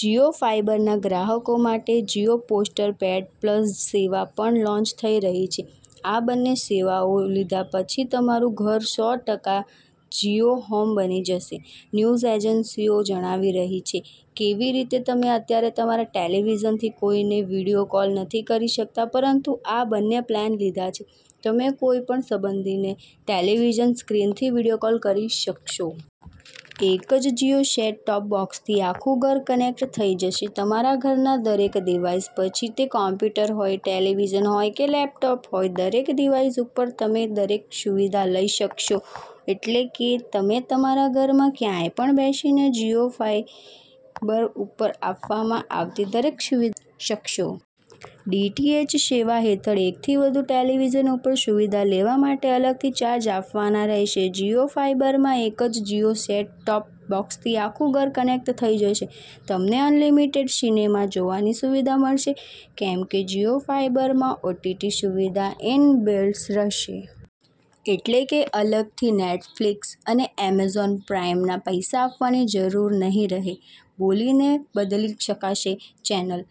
જીઓ ફાઈબરના ગ્રાહકો માટે જીઓ પોસ્ટ પેડ પ્લસ સેવા પણ લોન્ચ થઇ રહી છે. આ બંને સેવાઓ લીધા પછી તમારું ઘર સો ટકા જીઓ હોમ બની જશે. ન્યુઝ એજન્સીઓ જણાવી રહી છે, કેવી રીતે તમે અત્યારે તમારા ટેલીવિઝનથી કોઈને વિડીયો કોલ નથી કરી શકતા, પરંતુ આ બંને પ્લાન લીધા પછી તમે કોઈપણ સંબંધીને ટેલીવિઝન સ્ક્રીનથી વિડીયો કોલ કરી શકશો. એક જ જીઓ સેટ ટોપ બોક્સથી આખુ ઘર કનેક્ટ થઇ જશે. તમારા ઘરના દરેક ડીવાઈસ પછી તે કમ્પ્યુટર હોય, ટેલીવિઝન હોય કે લેપટોપ હોય, દરેક ડીવાઈસ ઉપર તમે દરેક સુવિધા લઇ શકશો. એટલે કે તમે તમારા ઘરમાં ક્યાય પણ બેસીને જીઓ ફાઈબર ઉપર આપવામાં આવતી દરેક સુવિધા લઇ શકશો. ડીટીએચ સેવા હેઠળ એકથી વધુ ટેલીવિઝન ઉપર સુવિધા લેવા માટે અલગથી ચાર્જ આપવાના રહેશે. જીઓ ફાઈબરમાં એક જ જીઓ સેટ ટોપ બોક્સથી આખું ઘર કનેક્ટ થઇ જશે. તમને અનલીમીટેડ સિનેમા જોવાની સુવિધા મળશે, કેમ કે જીઓ ફાઈબરમાં ઓટીટી સુવિધા ઇન બીલ્ટ રહેશે. એટલે કે અલગથી નેટફ્લીક્સ અને એમેઝોન પ્રાઈમના પૈસા આપવાની જરૂર નહિ રહે. બોલીને બદલી શકાશે ચેનલ.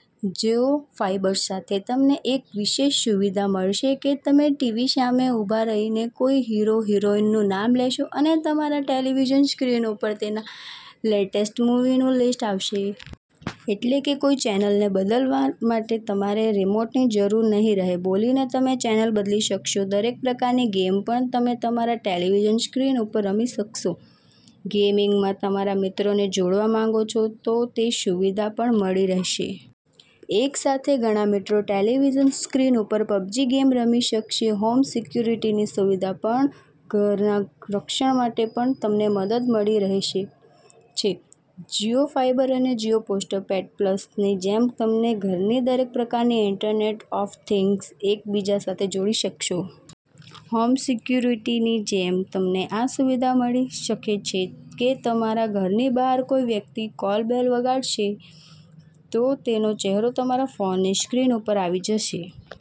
જીઓ ફાઈબર સાથે તમને એક વિશેષ સુવિધા મળશે કે, તમે ટીવી સામે ઉભા થઈને કોઈ હીરો-હિરોઈનનું નામ લેશો અને તમારા ટેલીવિઝન સ્ક્રીન ઉપર તેના લેટેસ્ટ મુવીનું લીસ્ટ આવશે. એટલે કે કોઈ ચેનલને બદલાવવા માટે તમારે રીમોન્ટની જરૂર નહિ રહે. બોલીને તમે ચેનલ બદલી શકશો. દરેક પ્રકારની ગેમ પણ તમે તમારા ટેલીવિઝન સ્ક્રીન ઉપર રમી શકશો. ગેમિંગમાં તમારા મિત્રોને જોડવા માંગો છો, તો તે સુવિધા પણ તમને મળી રહેશે. એક સાથે ઘણા મિત્રો ટેલીવિઝન સ્ક્રીન ઉપર પબજી ગેમ રમી શકશે. હોમ સિક્યુરીટીની સુવિધા પણ ઘરના રક્ષણ માટે પણ તમને મદદ મળી રહી છે. જીઓ ફાઈબર અને જીઓ પોસ્ટ પેડ પ્લસની જેમ તમને ઘરની દરેક પ્રકારની ઈન્ટરનેટ ઓફ થિંગ્સ એક બીજા સાથે જોડી શકશો. હોમ સિક્યુરીટીની જેમ તમને આ સુવિધા મળી શકે છે કે તમારા ઘરની બહાર કોઈ વ્યક્તિ કૉલ બેલ વગાડે છે, તો તેનો ચહેરો તમારા ફોનની સ્ક્રીન ઉપર આવી જશે.